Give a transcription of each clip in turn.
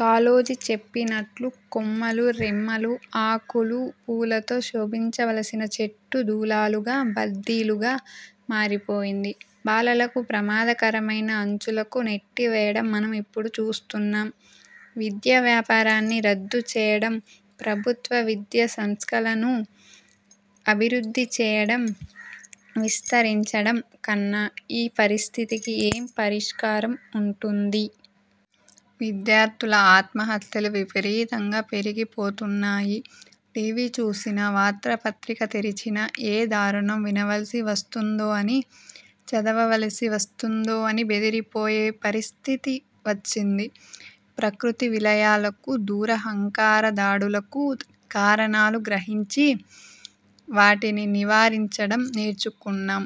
కాళోజీ చెప్పినట్లు కొమ్మలు, రెమ్మలు, ఆకులు, పూలతో శోభించవలసిన చెట్టు దూలాలుగా, బద్దీలుగా మారిపోయింది. బాలలను ప్రమాదకరమైన అంచులకు నెట్టి వేయడం మనం ఇప్పుడు చూస్తూన్నాం. విద్యా వ్యాపారాన్ని రద్దు చేయడం, ప్రభుత్వ విద్యా సంస్థలను అభివృద్ధి చేయడం, విస్తరించడం కన్నా ఈ పరిస్థితికి ఏం పరిష్కారం ఉంటుంది? విద్యార్థుల ఆత్మహత్యలు విపరీతంగా పెరిగి పోతున్నాయి. టి. వి.చూసినా, వార్తా పత్రిక తెరిచినా ఏ దారుణం వినవలసి వస్తుందో అని, చదవవలసి వస్తుందో అని బెదిరి పోయే పరిస్థితి వచ్చింది. ప్రకృతి విలయాలకు, దురహంకార దాడులకు కారణాలు గ్రహించి, వాటిని నివారించడం నేర్చుకున్నాం.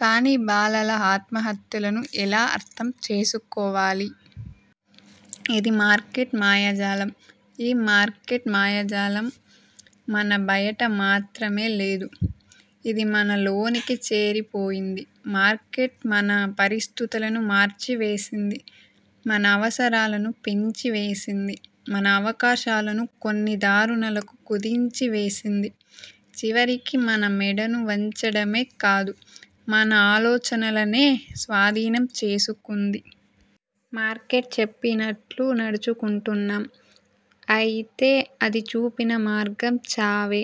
కాని బాలల ఆత్మహత్యలను ఎలా అర్థం చేసుకోవాలి? ఇది మార్కెట్ మాయాజాలం. ఈ మార్కెట్ మాయాజాలం మన బయట మాత్రమే లేదు. ఇది మన లోనికి చేరిపోయింది. మార్కెట్ మన పరిస్థితులను మార్చి వేసింది, మన అవసరాలను పెంచి వేసింది, మన అవకాశాలను కొన్ని దారులకు కుదించి వేసింది. చివరకు మన మెడలు వంచడమే కాదు, మన ఆలోచనలనే స్వాధీనం చేసుకుంది. మార్కెట్ చెప్పినట్లు నడుచుకుంటున్నాం. అయితే అది చూపిన మార్గం చావే!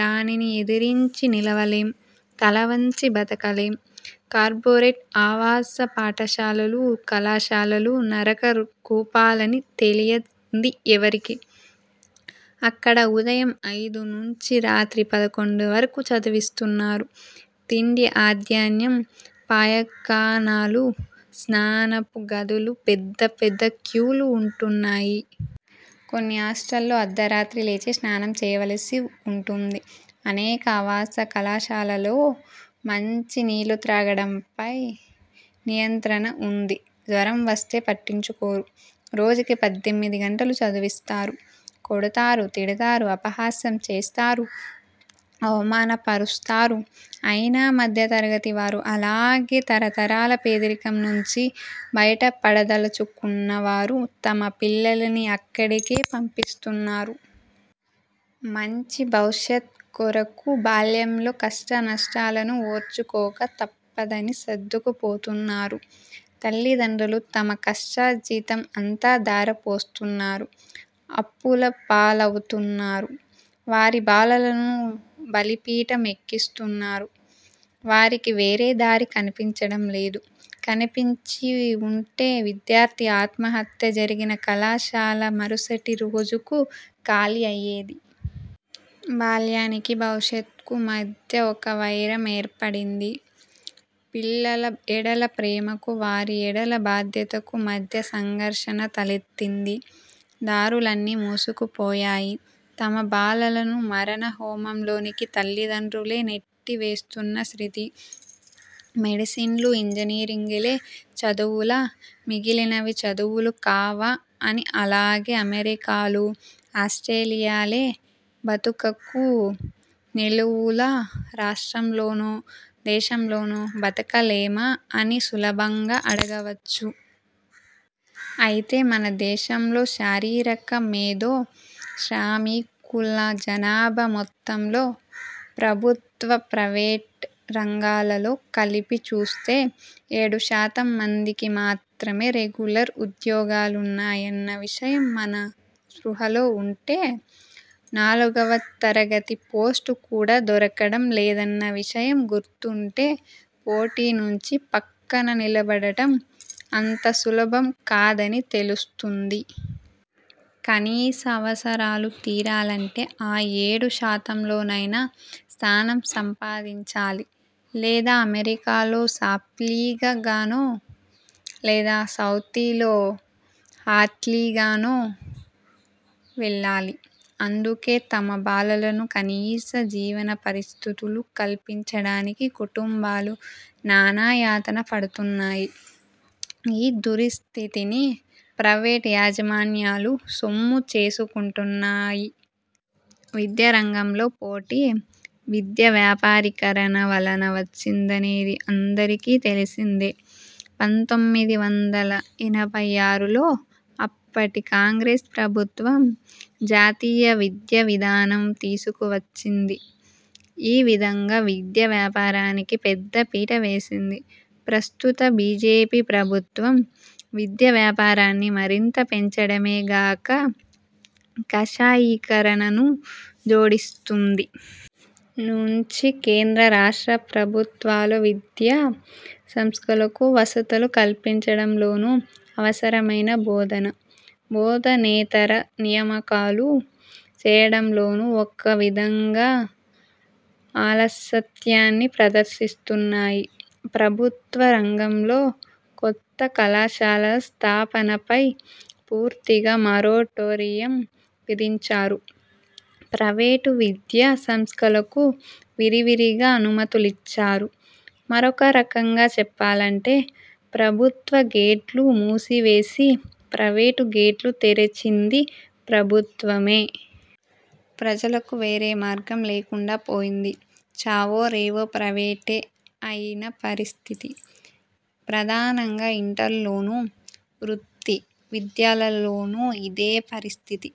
దానిని ఎదిరించి నిలువలేం, తలవంచి బ్రతకలేం! కార్పొరేట్ ఆవాస పాఠశాలలు, కళాశాలలు నరక కూపాలని తెలియంది ఎవరికి? అక్కడ ఉదయం ఐదు నుంచి రాత్రి పదకొండు వరకు చదివిస్తున్నారు. తిండి అధ్యాన్నం. పాయఖానాలు, స్నానపు గదు లు పెద్ద, పెద్ద క్యూలు ఉంటున్నాయి. కొన్ని హాస్టల్స్లో అర్ధరాత్రి లేచి స్నానం చేయవలసి ఉంటుంది. అనేక ఆవాస కళాశాలలలో మంచి నీళ్ళు త్రాగడంపై నియంత్రణ ఉంది. జ్వరం వస్తే పట్టించుకోరు. రోజుకు పద్దెనిమిది గంటలు చదివిస్తారు. కొడతారు, తిడతారు, అపహాస్యం చేస్తారు, అవమాన పరుస్తారు. అయినా మధ్య తరగతి వారు, అలాగే తరతరాల పేదరికం నుంచి బయటపడదలచుకున్నవారు తమ పిల్లలను అక్కడికే పంపిస్తున్నారు. మంచి భవిష్యత్ కొరకు బాల్యంలో కష్ట్టనష్టాలను ఓర్చుకోక తప్పదని సర్దుకు పోతున్నారు. తల్లిదండ్రులు తమ కష్టార్జితం అంతా ధార పోస్తూన్నారు. అప్పుల పాలవుతున్నారు. వారి బాలలను బలి పీఠం ఎక్కిస్తూన్నారు. వారికి వేరే దారి కనిపించడం లేదు. కనిపించి ఉంటే విద్యార్థి ఆత్మహత్య జరిగిన కళాశాల మరుసటి రోజుకు ఖాళీ అయ్యేది. బాల్యానికి భవిష్యత్కు మధ్య ఒక వైరం ఏర్పడింది. పిల్లల ఎడల ప్రేమకు వారి ఎడల బాధ్యతకు మధ్య సంఘర్షణ తలెత్తింది! దారులన్నీ మూసుకుపోయాయి. తమ బాలలను మారణ హోమం లోనికి తల్లిదండ్రులే నెట్టి వేస్తూన్న స్థితి. మెడిసిన్లు ఇంజనీరింగులే చదువులా, మిగిలినవి చదువులు కావా అని, అలాగే అమెరికాలు, ఆస్ట్రేలియాలే బ్రతుకుకు నెలవులా రాష్ట్రంలోనో దేశంలోనో బ్రతకలేమా అని సులభంగా అడగవచ్చు. అయితే మన దేశంలో శారీరక, మేధో శ్రామికుల జనాభా మొత్తంలో ప్రభుత్వ, ప్రైవేట్ రంగాలలో కలిపి చూస్తే ఏడు శాతం మందికి మాత్రమే రెగ్యులర్ ఉద్యోగాలున్నాయన్న విషయం మన స్పృహలో ఉంటే, నాలుగవ తరగతి పోస్టు కూడా దొరకడం లేదన్న విషయం గుర్తుంటే, పోటీ నుంచి ప్రక్కన నిలబడడం అంత సులభం కాదని తెలుస్తుంది. కనీస అవసరాలు తీరాలంటే ఆ ఏడు శాతంలో నైనా స్థానం సంపాదించాలి లేదా అమెరికాలో సాఫ్ట్కూలీ గానో లేదా సౌదీలో హార్డ్కూలీ గానో వెళ్ళాలి. అందుకే తమ బాలలకు కనీస జీవన పరిస్థితులు కల్పించడానికి కుటుంబాలు నానా యాతన పడుతున్నాయి. ఈ దురిస్థితిని ప్రైవేట్ యాజమాన్యాలు సొమ్ము చేసుకుంటున్నాయి. విద్యా రంగంలో పోటీ విద్యావ్యాపారీకరణ వలన వచ్చిందనేది అందరికీ తెలిసిందే. పంతొమ్మిది వందల ఎనభై ఆరులో అప్పటి కాంగ్రెస్ ప్రభుత్వం 'జాతీయ విద్యావిధానం ' తీసుకు వచ్చింది. ఈ విధగా విద్యా వ్యాపారానికి పెద్దపీట వేసింది. ప్రస్తుత బీజేపీ ప్రభుత్వం విద్యా ప్యాపారాన్ని మరింత పెంచడమే గాక కాషాయీకరణను జోడిస్తూంది. నుంచి కేంద్ర రాష్ట్ర ప్రభుత్వాలు విద్యా సంస్థలకు వసతులు కల్పించడం లోనూ, అవసరమైన బోధన, బోధనేతర నియామకాలు చేయడంలోనూ, ఒక విధాగా, అలసత్వాన్ని ప్రదర్శిస్తూన్నాయి. ప్రభుత్వ రంగంలో కొత్త కళాశాలల స్థాపనపై పూర్తిగా మారోటోరియం విధించారు. ప్రైవేట్ విద్యా సంస్థలకు విరివిగా అనుమతులిచ్చారు. మరొక రకంగా చెప్పాలంటే ప్రభుత్వ గేట్లు మూసి వేసి ప్రైవేట్ గేట్లు తెరచింది ప్రభుత్వమే. ప్రజలకు వేరే మార్గం లేకండా పోయింది. చావో రేవో ప్రైవేటే అయిన పరిస్థితి. ప్రధానంగా ఇంటర్లోనూ, వృత్తి విద్యలలోనూ ఇదే పరిస్థితి.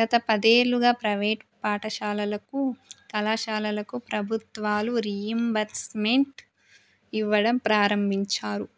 గత పదేళ్ళుగా ప్రైవేట్ పాఠశాలలకు, కళాశాలలకు ప్రభుత్వాలు రీయింబర్స్మెంట్ ఇవ్వడం ప్రారంభించారు.